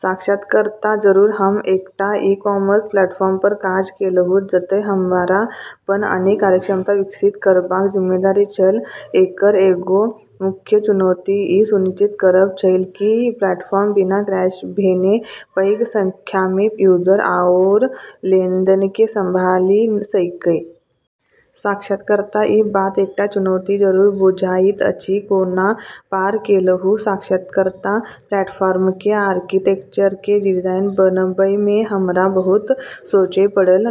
साक्षात्कारकर्ता: जरूर। हम एकटा ई-कॉमर्स प्लेटफॉर्म पर काज केलहुँ, जतय हमरा पर अनेक कार्यक्षमता विकसित करबाक जिम्मेदारी छल। एकर एगो मुख्य चुनौती ई सुनिश्चित करब छलै कि ई प्लेटफॉर्म बिना क्रैश भेने पैघ संख्यामे यूजर आओर लेनदेनके संभालि सकै । साक्षात्कारकर्ता: ई बात एकटा चुनौती जरूर बुझाइत अछि। कोना पार केलहुँ? साक्षात्कारकर्ता: प्लेटफार्मके आर्किटेक्चरके डिजाइन बनबैमे हमरा बहुत सोचय पड़ल।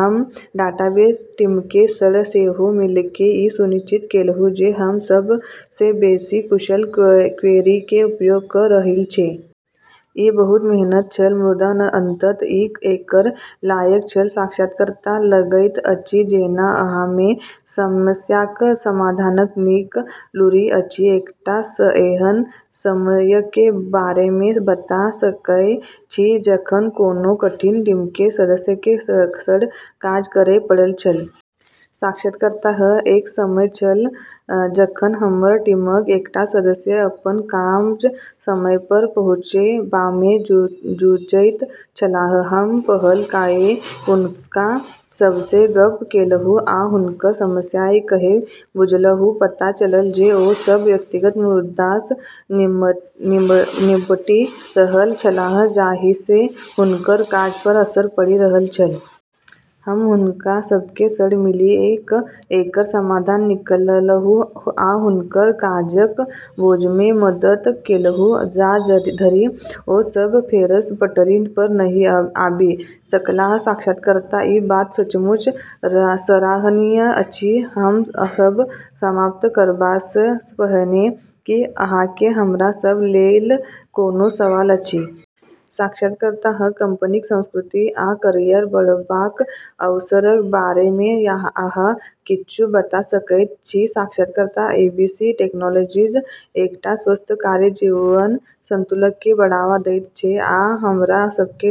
हम डाटाबेस टीमके सङ्ग सेहो मिलिके ई सुनिश्चित केलहुँ जे हम सबसँ बेसी कुशल क्वेरीके उपयोग क' रहल छी । ई बहुत मेहनत छल, मुदा अंततः, ई एकर लायक छल। साक्षात्कारकर्ता: लगैत अछि जेना अहाँमे समस्याक समाधानक नीक लूरि अछि। एकटा एहन समयके बारेमे बता सकय छी जखन कोनो कठिन टीमके सदस्यके सङ्ग काज करय पड़ल छल? साक्षात्कारकर्ता: हँ, एक समय छल जखन हमर टीमक एकटा सदस्य अपन काज समय पर पहुँचेबामे जूझैत छलाह। हम पहल कए हुनका सबसँ गप केलहुँ आ हुनकर समस्या कए बुझलहुँ । पता चलल जे ओ सब व्यक्तिगत मुद्दासँ निपटि रहल छलाह जाहिसँ हुनकर काज पर असर पड़ि रहल छल। हम हुनका सबके सङ्ग मिलि क' एकर समाधान निकाललहुँ आ हुनकर काजक बोझमे मदद केलहुँ जा धरि ओ सब फेरसँ पटरी पर नहि आबि सकलाह। साक्षात्कारकर्ता: ई बात सचमुच सराहनीय अछि! हम सब समाप्त करबासँ पहिने की अहाँके हमरा सब लेल कोनो सवाल अछि? साक्षात्कारकर्ता: हँ, कंपनीक संस्कृति आ कैरियर बढ़बाक अवसरक बारेमे अहाँ किछु बता सकैत छी? साक्षात्कारकर्ता: एबीसी टेक्नोलॉजीज एकटा स्वस्थ कार्य-जीवन संतुलनके बढ़ावा दैत छै, आ हमरा सबके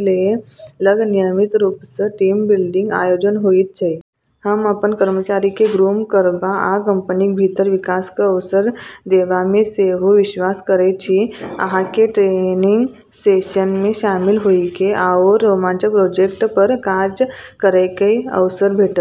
लग नियमित रूपसँ टीम-बिल्डिंग आयोजन होइत छै । हम अपन कर्मचारीके ग्रूम करबा आ कंपनीक भीतर विकास क' अवसर देबामे सेहो विश्वास करैत छी। अहाँके ट्रेनिंग सेशनमे शामिल होइके आओर रोमांचक प्रोजेक्ट पर काज करैके अवसर भेटत ।